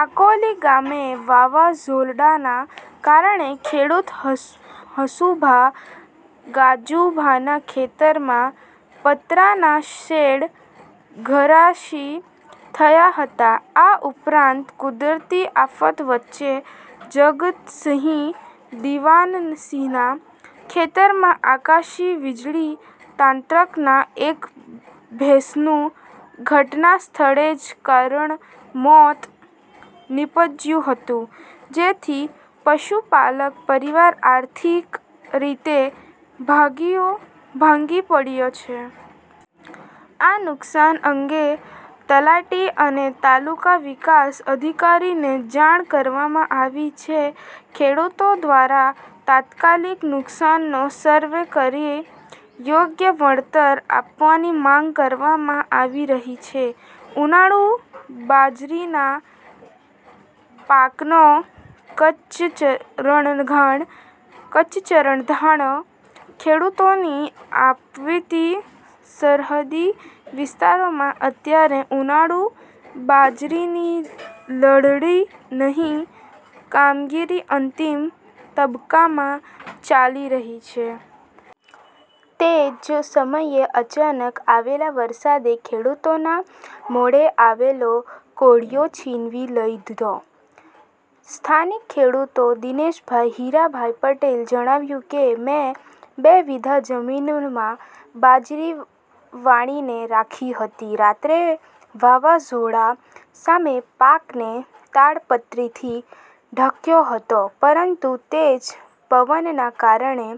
આકોલી ગામે વાવાઝોડાના કારણે ખેડૂત હંસુભા ગાજુભાના ખેતરમાં પતરાના શેડ ધરાશી થયા હતા. આ ઉપરાંત, કુદરતી આફત વચ્ચે જગતસિંહ દિવાનસિંહના ખેતરમાં આકાશી વીજળી ત્રાટકતાં એક ભેંસનું ઘટનાસ્થળે જ કરુણ મોત નીપજ્યું હતું, જેથી પશુપાલક પરિવાર આર્થિક રીતે ભાંગીયો ભાંગી પડ્યો છે. આ નુકસાન અંગે તલાટી અને તાલુકા વિકાસ અધિકારીને જાણ કરવામાં આવી છે. ખેડૂતો દ્વારા તાત્કાલિક નુકસાનનો સર્વે કરી યોગ્ય વળતર આપવાની માંગ કરવામાં આવી રહી છે. ઉનાળુ બાજરીના પાકનો કચરઘાણ કચ્ચરઘાણ: ખેડૂતોની આપવીતી સરહદી વિસ્તારોમાં અત્યારે ઉનાળુ બાજરીની લણણી ની કામગીરી અંતિમ તબક્કામાં ચાલી રહી છે. તે જ સમયે અચાનક આવેલા વરસાદે ખેડૂતોના મોઢે આવેલો કોળિયો છીનવી લીધો છે. સ્થાનિક ખેડૂત દિનેશભાઈ હીરાભાઈ પટેલે જણાવ્યું કે, મેં બે વીઘા જમીનમાં બાજરી વાઢીને રાખી હતી. રાત્રે વાવાઝોડા સામે પાકને તાડપત્રીથી ઢાંક્યો હતો, પરંતુ તેજ પવનના કારણે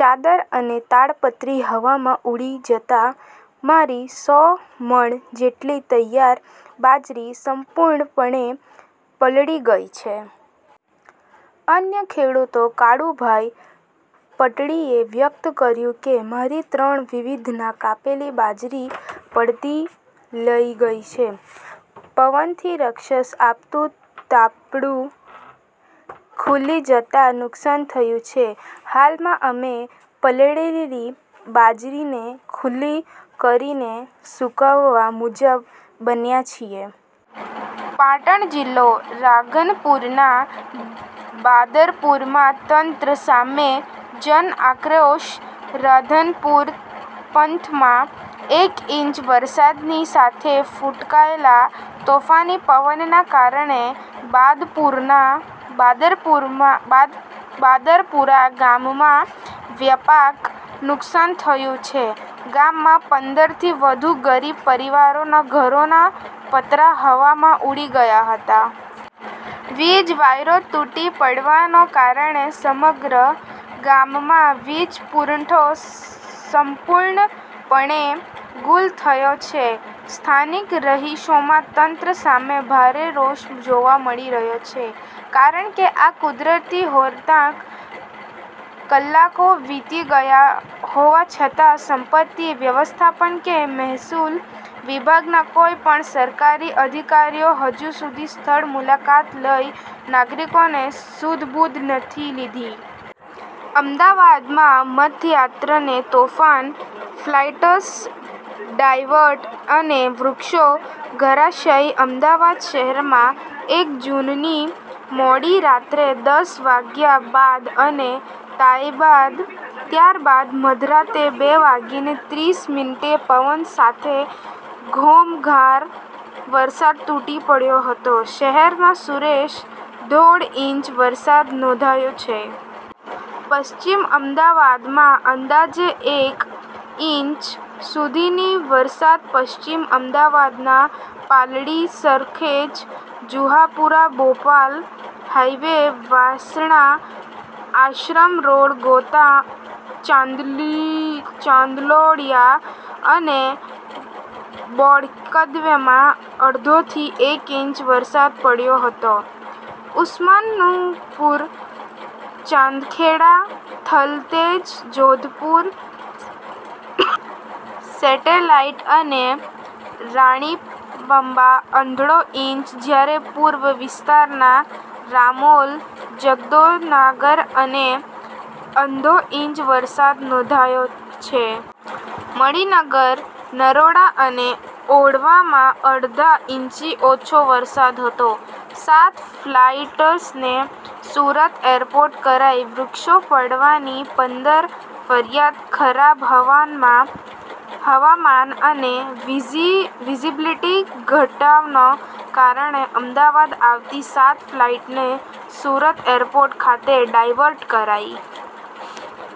ચાદર અને તાડપત્રી હવામાં ઊડી જતાં મારી સો મણ જેટલી તૈયાર બાજરી સંપૂર્ણપણે પલળી ગઈ છે. અન્ય ખેડૂત કાળુભાઈ પટણીએ વ્યક્ત કર્યું કે, મારી ત્રણ વીવિધિના ની કાપેલી બાજરી પલળી લઈ ગઈ છે. પવનથી રક્ષણ આપતું તાપડું ખુલી જતાં નુકસાન થયું છે, હાલમાં અમે પલળેલી બાજરીને ખુલ્લી કરીને સુકવવા બન્યા છીએ. પાટણ જિલ્લો: રાધનપુરના બાદરપુરામાં તંત્ર સામે જનઆક્રોશ રાધનપુર પંથકમાં એક ઇંચ વરસાદની સાથે ફૂંકાયેલા તોફાની પવનના કારણે બાદરપુરા ગામમાં વ્યાપક નુકસાન થયું છે. ગામમાં પંદર થી વધુ ગરીબ પરિવારોના ઘરોના પતરાં હવામાં ઊડી ગયા હતા. વીજ વાયરો તૂટી પડવાના કારણે સમગ્ર ગામમાં વીજ પુરવઠો સંપૂર્ણપણે ગુલ થઈ ગયો છે. સ્થાનિક રહીશોમાં તંત્ર સામે ભારે રોષ જોવા મળી રહ્યો છે, કારણ કે આ કુદરતી હોતકતના કલાકો વીતી ગયા હોવા છતાં આપત્તિ વ્યવસ્થાપન કે મહેસૂલ વિભાગના કોઈ પણ સરકારી અધિકારીએ હજુ સુધી સ્થળ મુલાકાત લઈ નાગરિકોની સુધબુધ લીધી નથી. અમદાવાદમાં મધ્યરાત્રે તોફાન, ફ્લાઇટ્સ ડાયવર્ટ અને વૃક્ષો ધરાશાયી અમદાવાદ શહેરમાં એક જૂનની મોડી રાત્રે દસ વાગ્યા બાદ અને ત્યારબાદ મધરાતે બે વાગીને ત્રીસ મીનીટે પવન સાથે ધોધનાર વરસાદ તૂટી પડ્યો હતો. શહેરમાં સુરેશ દોઢ ઇંચ વરસાદ નોંધાયો છે. પશ્ચિમ અમદાવાદમાં અંદાજે એક ઈંચ સુધીનો વરસાદપશ્ચિમ અમદાવાદના પાલડી, સરખેજ, જુહાપુરા, બોપલ, હાઇવે, વાસણા, આશ્રમરોડ, ગોતા, ચાંદલોડિયા અને બોડકદેવમાં અડધો થી એક ઇંચ વરસાદ પડ્યો હતો. ઉસ્માનપુરા, ચાંદખેડા, થલતેજ, જોધપુર, સેટેલાઈટ અને રાણીપમાં અડધો ઇંચ જ્યારે પૂર્વ વિસ્તારના રામોલ, જશોદાનગર અને અડધો ઇંચ વરસાદ નોંધાયો છે. મણિનગર, નરોડા અને ઓઢવમાં અડધા ઇંચથી ઓછો વરસાદ હતો. સાત ફ્લાઇટ્સને સુરત એરપોર્ટ કરાઈ, વૃક્ષો પડવાની પંદર ફરિયાદ ખરાબ હવામાન અને વિઝિબિલિટી ઘટવાના કારણે અમદાવાદ આવતી સાત ફ્લાઇટ્સને સુરત એરપોર્ટ ખાતે ડાયવર્ટ કરાઈ.